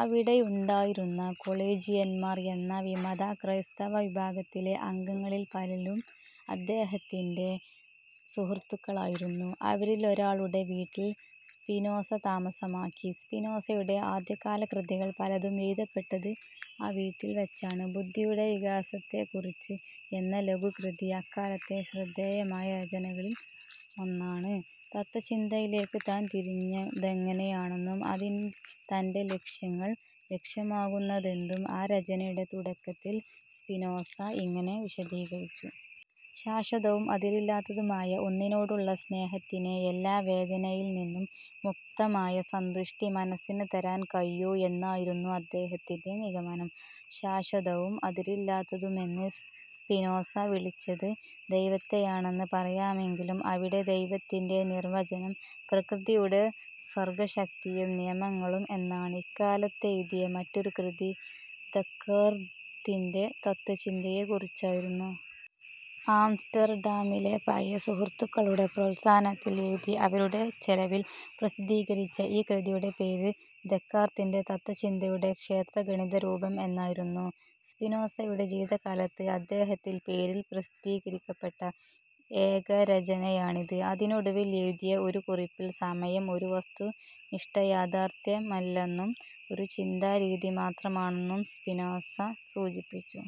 അവിടെയുണ്ടായിരുന്ന കൊളേജിയന്മാർ എന്ന വിമതക്രൈസ്തവവിഭാഗത്തിലെ അംഗങ്ങളിൽ പലരും അദ്ദേഹത്തിന്റെ സുഹൃത്തുക്കളായിരുന്നു. അവരിലൊരാളുടെ വീട്ടിൽ സ്പിനോസ താമസമാക്കി. സ്പിനോസയുടെ ആദ്യകാലകൃതികൾ പലതും എഴുതപ്പെട്ടത് ആ വീട്ടിൽ വച്ചാണ്. ബുദ്ധിയുടെ വികാസത്തെക്കുറിച്ച് എന്ന ലഘുകൃതി അക്കാലത്തെ ശ്രദ്ധേയമായ രചനകളിൽ ഒന്നാണ്. തത്ത്വചിന്തയിലേക്ക് താൻ തിരിഞ്ഞതെങ്ങനെയെന്നും അതിൽ തന്റെ അന്വേഷണം ലക്ഷ്യമാക്കുന്നതെന്തെന്നും ആ രചനയുടെ തുടക്കത്തിൽ സ്പിനോസ ഇങ്ങനെ വിശദീകരിച്ചു. ശാശ്വതവും അതിരില്ലാത്തതുമായുള്ള ഒന്നിനോടുള്ള സ്നേഹത്തിനേ എല്ലാ വേദനയിൽ നിന്നും മുക്തമായ സന്തുഷ്ടി മനസ്സിന് തരാൻ കഴിയൂ എന്നായിരുന്നു അദ്ദേഹത്തിന്റെ നിഗമനം. ശാശ്വതവും അതിരില്ലാത്തതുമെന്ന് സ്പിനോസ വിളിച്ചത് ദൈവത്തെയാണെന്ന് പറയാമെങ്കിലും അവിടെ ദൈവത്തിന്റെ നിർവചനം പ്രകൃതിയുടെ സർഗ്ഗശക്തിയും നിയമങ്ങളും എന്നാണ്. ഇക്കാലത്തെഴുതിയ മറ്റൊരു കൃതി ദെക്കാർത്തിന്റെ തത്ത്വചിന്തയെക്കുറിച്ചായിരുന്നു. ആംസ്റ്റർഡാമിലെ പഴയ സുഹൃത്തുക്കളുടെ പ്രോത്സാഹനത്തിൽ എഴുതി അവരുടെ ചെലവിൽ പ്രസിദ്ധീകരിച്ച ഈ കൃതിയുടെ പേര്, ദെക്കാർത്തിന്റെ തത്ത്വചിന്തയുടെ ക്ഷേത്രഗണിതരൂപം എന്നായിരുന്നു. സ്പിനോസയുടെ ജീവിതകാലത്ത് അദ്ദേഹത്തിൽ പേരിൽ പ്രസിദ്ധീകരിക്കപ്പെട്ട ഏകരചനയാണിത്. അതിനൊടുവിൽ എഴുതിയ ഒരു കുറിപ്പിൽ സമയം ഒരു വസ്തുനിഷ്ഠയാഥാർഥ്യമല്ലെന്നും ഒരു ചിന്താരീതി മാത്രമാണെന്നും സ്പിനോസ സൂചിപ്പിച്ചു.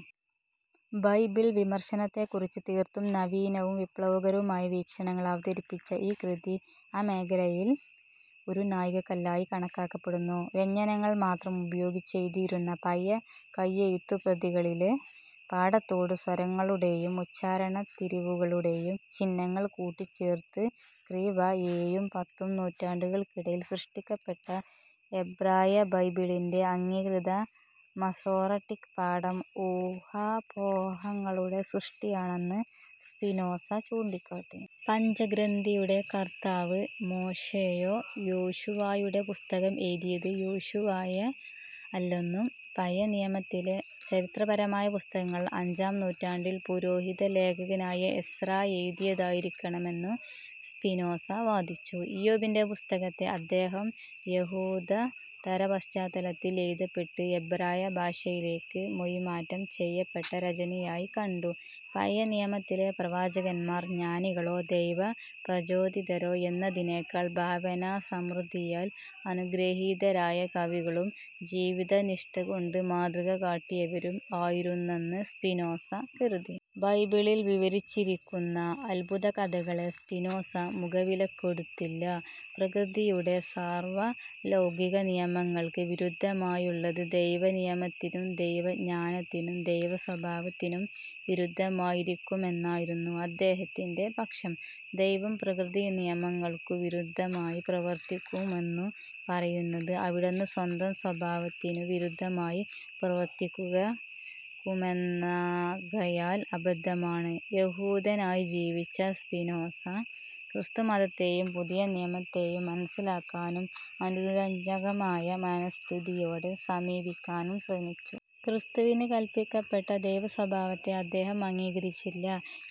ബൈബിൾ വിമർശനത്തെക്കുറിച്ച് തീർത്തും നവീനവും വിപ്ലവകരവുമായ വീക്ഷണങ്ങൾ അവതരിപ്പിച്ച ഈ കൃതി ആ മേഖലയിൽ ഒരു നാഴികക്കല്ലായി കണക്കാക്കപ്പെടുന്നു. വ്യഞ്ജനങ്ങൾ മാത്രം ഉപയോഗിച്ചെഴുതിയിരുന്ന പഴയ കൈയെഴുത്തുപ്രതികളിലെ പാഠത്തോട്, സ്വരങ്ങളുടേയും ഉച്ചാരണത്തിരിവുകളുടേയും ചിഹ്നങ്ങൾ കൂട്ടിച്ചേർത്ത് ക്രി. വ. ഏഴും പത്തും നൂറ്റാണ്ടുകൾക്കിടയിൽ സൃഷ്ടിക്കപ്പെട്ട എബ്രായബൈബിളിന്റെ അംഗീകൃതമായ മസോറട്ടിക് പാഠം ഊഹാപോഹങ്ങളുടെ സൃഷ്ടിയാണെന്ന് സ്പിനോസ ചൂണ്ടിക്കാട്ടി. പഞ്ചഗ്രന്ഥിയുടെ കർത്താവ് മോശെയോ യോശുവായുടെ പുസ്തകം എഴുതിയത് യോശുവയോ അല്ലെന്നും പഴയനിയമത്തിലെ ചരിത്രപരമായ പുസ്തകങ്ങൾ അഞ്ചാം നൂറ്റാണ്ടിൽ പുരോഹിതലേഖകനായ എസ്രാ എഴുതിയതായിരിക്കാമെന്നും സ്പിനോസ വാദിച്ചു. ഇയ്യോബിന്റെ പുസ്തകത്തെ അദ്ദേഹം, യഹൂദേതരപശ്ചാത്തലത്തിൽ എഴുതപ്പെട്ട് എബ്രായഭാഷയിലേക്ക് മൊഴിമാറ്റം ചെയ്യപ്പെട്ട രചനയായി കണ്ടു. പഴയനിയമത്തിലെ പ്രവാചകന്മാർ ജ്ഞാനികളോ, ദൈവപ്രചോദിതരോ എന്നതിനേക്കാൾ ഭാവനാസമൃദ്ധിയാൽ അനുഗൃഹീതരായ കവികളും ജീവിതനിഷ്ടകൊണ്ട് മാതൃകകാട്ടിയവരും ആയിരുന്നെന്ന് സ്പിനോസ കരുതി. ബൈബിളിൽ വിവരിച്ചിരിക്കുന്ന അത്ഭുതകഥകളെ സ്പിനോസ മുഖവിലക്കെടുത്തില്ല. പ്രകൃതിയുടെ സാർവലൗകികനിയമങ്ങൾക്ക് വിരുദ്ധമായുള്ളത് ദൈവനിയമത്തിനും, ദൈവജ്ഞാനത്തിനും, ദൈവസ്വഭാവത്തിനും വിരുദ്ധമായിരിക്കുമെന്നായിരുന്നു അദ്ദേഹത്തിന്റെ പക്ഷം. ദൈവം പ്രകൃതിനിയമങ്ങൾക്കു വിരുദ്ധമായി പ്രവർത്തിക്കുമെന്നു പറയുന്നത് അവിടന്ന് സ്വന്തം സ്വഭാവത്തിനു വിരുദ്ധമായി പ്രവർത്തിക്കുമെന്നാകയാൽ അബദ്ധമാണ്. യഹൂദനയി ജനിച്ച സ്പിനോസ, ക്രിസ്തുമതത്തെയും പുതിയനിയമത്തെയും മനസ്സിലാക്കാനും അനുരജ്ഞകമായ മനസ്ഥിതിയോടെ സമീപിക്കാനും ശ്രമിച്ചു. ക്രിസ്തുവിന് കല്പിക്കപ്പെട്ട ദൈവസ്വഭാവത്തെ അദ്ദേഹം അംഗീകരിച്ചില്ല.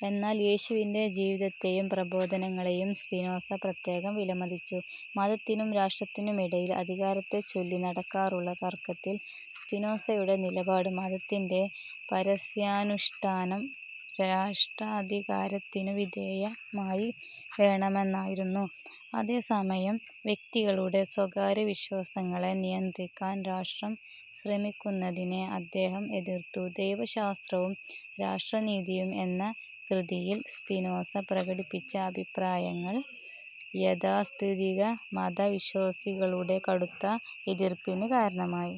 എന്നാൽ യേശുവിന്റെ ജീവിതത്തെയും പ്രബോധനങ്ങളേയും സ്പിനോസ പ്രത്യേകം വിലമതിച്ചു. മതത്തിനും രാഷ്ട്രത്തിനുമിടയിൽ അധികാരത്തെച്ചൊല്ലി നടക്കാറുള്ള തർക്കത്തിൽ സ്പിനോസയുടെ നിലപാട്, മതത്തിന്റെ പരസ്യാനുഷ്ടാനം രാഷ്ട്രാധികാരത്തിനുവിധേയമായി വേണമെന്നായിരുന്നു. അതേസമയം, വ്യക്തികളുടെ സ്വകാര്യവിശ്വാസങ്ങളെ നിയന്ത്രിക്കാൻ രാഷ്ട്രം ശ്രമിക്കുന്നതിനെ അദ്ദേഹം എതിർത്തു. ദൈവശാസ്ത്രവും രാഷ്ട്രനീതിയും എന്ന കൃതിയിൽ സ്പിനോസ പ്രകടിപ്പിച്ച അഭിപ്രായങ്ങൾ യാഥാസ്ഥിതികമതവിശ്വാസികളുടെ കടുത്ത എതിർപ്പിന് കാരണമായി.